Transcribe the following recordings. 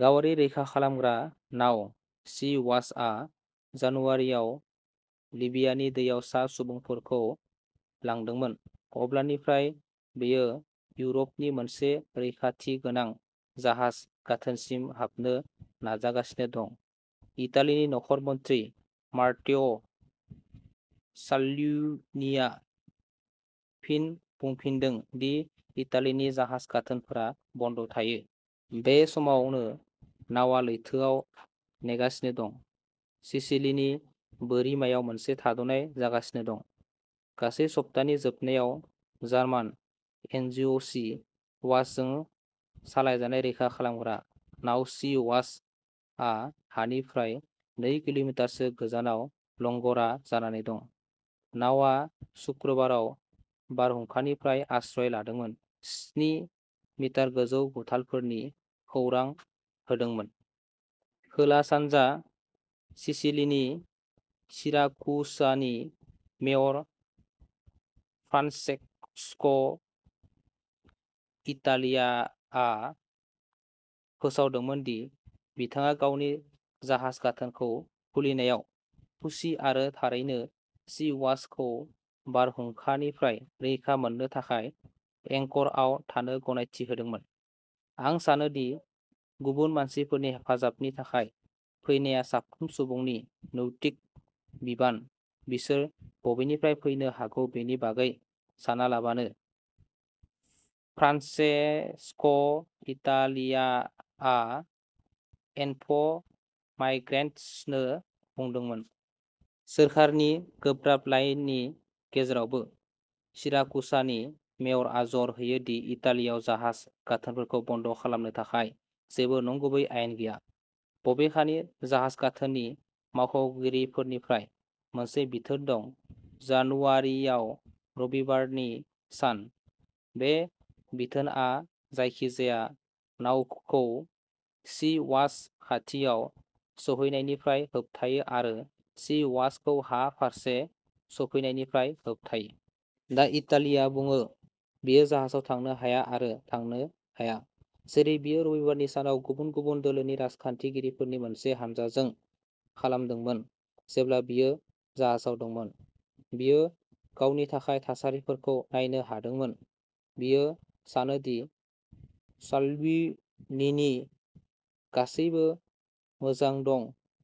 गावारि रैखा खालामग्रा नाव "सी वाच " आ जानुवारिआव लिबियानि दैयाव सा सुबुंफोरखौ लांदोंमोन। अब्लानिफ्राय, बेयो इउर'पनि मोनसे रैखाथि गोनां जाहाज गाथोनसिम हाबनो नाजागासिनो दं। इटालिनि नखर मन्थ्रि मात्तेअ साल्विनीआ फिन बुंफिनदों दि इटालिनि जाहाज गाथोनफोरा बन्द'थायो। बे समावनो, नावआ लैथोआव नेगासिनो दं। सिसिलीनि बोरिमायाव मोनसे थाद'नाय जागासिनो दं। गासै सप्तानि जोबनायाव, जार्मान एनजिअ'सी वाचजों सालायजानाय रैखा खालामग्रा नाव सी वाच आ हानिफ्राय नै किल'मिटारसो गोजानाव लंग'रा जानानै दं। नावआ सुक्रुबाराव बारहुंखानिफ्राय आश्रय लादोंमोन, स्नि मिटार गोजौ गुथालफोरनि खौरां होदोंमोन। खोला-सानजा सिसिलीनि सिराकुसानि मेयर, फ्रान्सेस्क'इटालियाआ फोसावदोंमोन दि बिथाङा गावनि जाहाज गाथोनखौ खुलिनायाव खुसि आरो थारैनो सी वाच खौ बारहुंखानिफ्राय रैखा मोननो थाखाय एंकरआव थानो गनायथि होदोंमोन। "आं सानो दि गुबुन मानसिफोरनि हेफाजाबनि थाखाय फैनाया साफ्रोम सुबुंनि नैतिक बिबान, बिसोर बबेनिफ्राय फैनो हागौ बेनि बागै सानालाबानो", फ्रान्सेस्क'इटालियाआ इनफ'माइग्रेन्ट्सनो बुंदोंमोन। सोरखारनि गोब्राब लाइननि गेजेरावबो, सिराकुसानि मेयरआ जर होयो दि इटालियाव जाहाज गाथोनफोरखौ बन्द खालामनो थाखाय जेबो नंगुबै आयेन गैया। बबेखानि, जाहाज गाथोननि मावख'गिरिफोरनिफ्राय मोनसे बिथोन दं। जानुवारियाव रबिबारनि सान। बे बिथोनआ जायखिजाया नावखौ सी वाचनि खाथियाव सौहैनायनिफ्राय होबथायो आरो सी वाचखौ हा फारसे सौफैनायनिफ्राय होबथायो। दा, इटालिया बुङो, बियो जाहाजाव थांनो हाया आरो थांनो हाया, जेरै बियो रबिबारनि सानाव गुबुन गुबुन दोलोनि राजखान्थिगिरिफोरनि मोनसे हानजाजों खालामदोंमोन। जेब्ला बियो जाहाजाव दंमोन, बियो गावनि थाखाय थासारिफोरखौ नायनो हादोंमोन। बियो सानो दि साल्विनीनि गासैबो मोजां दं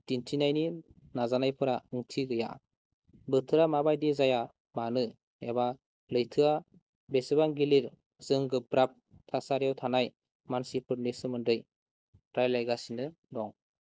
दिन्थिनायनि नाजानायफोरा ओंथि गैयाः "बोथोरा माबायदि जाया मानो, एबा लैथोआ बेसेबां गिलिर, जों गोब्राब थासारियाव थानाय मानसिफोरनि सोमोन्दै रायलायगासिनो दं।